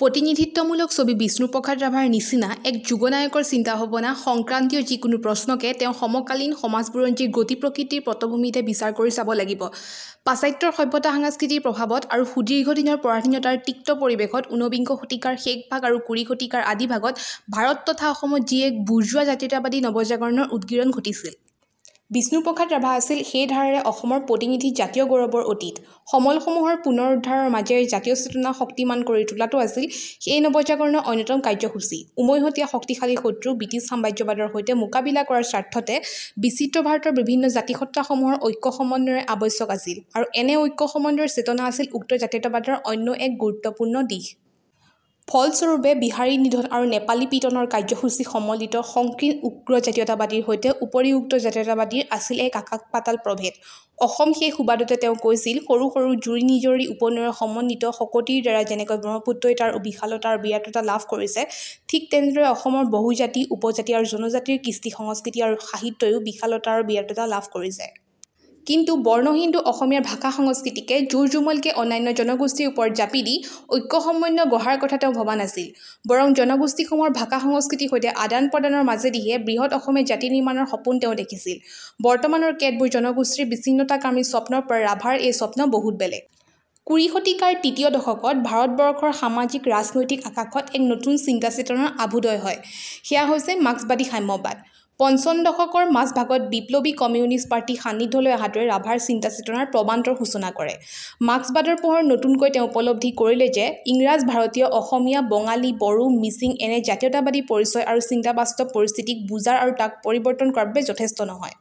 প্ৰতিনিধিত্বমূলক ছবি বিষ্ণুপ্ৰসাদ ৰাভাৰ নিচিনা এক যুগনায়কৰ চিন্তাভাৱনা সংক্ৰান্তীয় যিকোনো প্ৰশ্নকে তেওঁৰ সমকালীন সমাজবুৰঞ্জীৰ গতিপ্ৰকৃতিৰ পটভূমিতহে বিচাৰ কৰি চাব লাগিব। পাশ্চাত্যৰ সভ্যতাসংস্কৃতিৰ প্ৰভাৱত আৰু সূদীৰ্ঘ দিনৰ পৰাধীনতাৰ তিক্ত পৰিৱেশত উনবিংশ শতিকাৰ শেষভাগ আৰু কুৰি শতিকাৰ আদিভাগত ভাৰত তথা অসমত যি এক বুৰ্জোৱা জাতীয়তাবাদী নৱজাগৰণৰ উদগিৰণ ঘটিছিল। বিষ্ণুপ্ৰসাদ ৰাভা আছিল সেই ধাৰাৰে অসমৰ প্ৰতিনিধি জাতীয় গৌৰৱৰ অতীত। সমলসমূহৰ পুনৰুদ্ধাৰৰ মাজেদি জাতীয় চেতনা শক্তিমান কৰি তোলাটো আছিল এই নৱজাগৰণৰ অন্যতম কাৰ্যসূচী। উমৈহতীয়া শক্তিশালী শত্ৰু ব্ৰিটিছ সাম্ৰাজ্যবাদৰ সৈতে মোকাবিলা কৰাৰ স্বাৰ্থতে বিচিত্ৰ ভাৰতৰ বিভিন্ন জাতিসত্তাসমূহৰ ঐক্যসমন্বয়ৰ আৱ্শ্যক আছিল আৰু এনে ঐক্যসমন্বয়ৰ চেতনা আছিল উক্ত জাতীয়তাবাদৰ অন্য এক গুৰুত্বপূৰ্ণ দিশ। ফলস্বৰূপে বিহাৰীনিধন আৰু নেপালীপিটনৰ কাৰ্যসূচী সম্বলিত সংকীৰ্ণ উগ্ৰ জাতীয়তাবাদৰ সৈতে উপৰিউক্ত জাতীয়তাবাদৰ আছিল আকাশ পাতাল প্ৰভেদ। অসম সেই সুবাদতে তেওঁ কৈছিল সৰু সৰু জুৰিনিজৰি উপনৈৰ সমন্বিত শকতিৰ দ্বাৰা যেনেকৈ ব্ৰহ্মপুত্ৰই তাৰ বিশালতা আৰু বিৰাটতা লাভ কৰিছে ঠিক তেনেকৈ অসমৰ বহুজাতি উপজাতি আৰু জনজাতিৰ কৃষ্টিসংস্কৃতি আৰু সাহিত্যয়ো বিশালতা আৰু বিৰাটতা লাভ কৰিছে। কিন্তু বৰ্ণহিন্দু অসমীয়াৰ ভাষাসংস্কৃতিকে জোৰজুলুমকৈ অন্যান্য জনগোষ্ঠীৰ ওপৰত জাপি দি ঐক্যসমন্বয় গঢ়াৰ কথা তেওঁ ভবা নাছিল। বৰং জনগোষ্ঠীসমূহৰ ভাষাসংস্কৃতিৰ সৈতে আদানপ্ৰদানৰ মাজেদিহে বৃ্হৎ অসমীয়া জাতি নিৰ্মাণৰ সপোন তেওঁ দেখিছিল। বৰ্তমানৰ কেতবোৰ জনগোষ্ঠীৰ বিচ্ছিন্নতাকামী স্বপ্নৰ পৰা ৰাভাৰ এই স্বপ্ন বহুত বেলেগ। কুৰি শতিকাৰ তৃতীয় দশকত ভাৰতবৰ্ষৰ সামাজিক ৰাজনৈতিক আকাশত এক নতুন চিন্তা চেতনাৰ অভ্যূদয় হয়। সেয়া হৈছে মাৰ্ক্সবাদী সাম্যবাদ। পঞ্চম দশকৰ মাজভাগত বিপ্লৱী কমিউনিষ্ট পাৰ্টিৰ সান্নিধ্যলৈ অহাটোৱেই ৰাভাৰ চিন্তাচেতনাৰ পৰ্বান্তৰ সূচনা কৰে। মাৰ্ক্সবাদৰ পোহৰত নতুনকৈ তেওঁ উপলব্ধি কৰিলে যে ইংৰাজভাৰতীয় অসমীয়া, বঙালী, বড়ো, মিচিং এনে জা্তীয়তাবাদী পৰিচয় আৰু চিন্তা বাস্তৱ পৰিস্থিতিক বুজাৰ আৰু তাক পৰিৱৰ্তন কৰাৰ বাবে যথেষ্ট নহয়।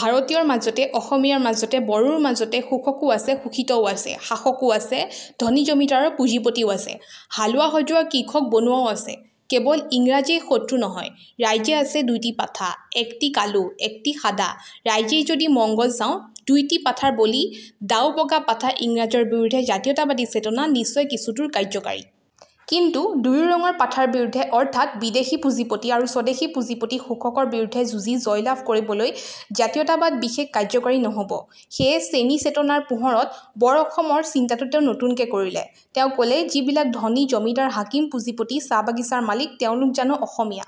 ভাৰতীয়ৰ মাজতে অসমীয়াৰ মাজতে বড়োৰ মাজতে শোষকো আছে শোষিতও আছে শাসকো আছে ধনী জমিদাৰ পুঁজিপতিও আছে। হালোৱাহজুৱা কৃষক বনুৱাও আছে। কেৱল ইংৰাজেই শত্ৰু নহয় ৰাজ্যে আছে দুইটি পাঠা, একটি কালো, একটি সাদা, ৰাজ্যেৰ যদি মংগল চাও দুইটি পাঠাই বলি দাওবগা পাঠা ইংৰাজৰ বিৰুদ্ধে জাতীয়তাবাদী চেতনা নিশ্চয় কিছুদূৰ কাৰ্যকৰী। কিন্তু দুয়ো ৰঙৰ পাঠাৰ বিৰুদ্ধে অৰ্থাৎ বিদেশী পুঁজিপতি আৰু স্বদেশী পুঁজিপতি শোষকৰ বিৰুদ্ধে যুঁজি জয়লাভ কৰিবলৈ জাতীয়তাবাদ বিশেষ কাৰ্যকৰী নহব। সেয়ে শ্ৰেণী চেতনাৰ পোহৰত বৰ অসমৰ চিন্তাটো তেওঁ নতুনকৈ কৰিলে। তেওঁ কলে যিবিলাক ধনী জমিদাৰ হাকিম পুঁজিপতি চাহবাগিচাৰ মালিক তেওঁলোক জানো অসমীয়া?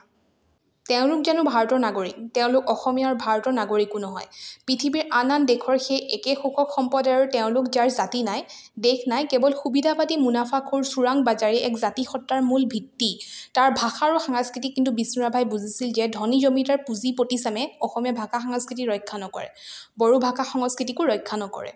তেওঁলোক জানো ভাৰতৰ নাগৰিক? তেওঁলোক অসমীয়া আৰু ভাৰতৰ নাগৰিকো নহয়। পৃথিৱীৰ আন আন দেশৰ সেই একে শোষক সম্প্ৰদায়ৰ তেওঁলোক যাৰ জাতি নাই, দেশ নাই, কেৱল সুবিধাবাদী মুনাফাখোৰ চোৰাং বাজাৰী এটা জাতিসত্তাৰ মূল ভিত্তি তাৰ ভাষা আৰু সংস্কৃতি কিন্তু বিষ্ণু ৰাভাই বুজিছিল যে ধনী জমিদাৰ পুঁজি পতিচামে অসমীয়া ভাষাসংস্কৃতি ৰক্ষা নকৰে। বড়ো ভাষা সংস্কৃতিকো ৰক্ষা নকৰে।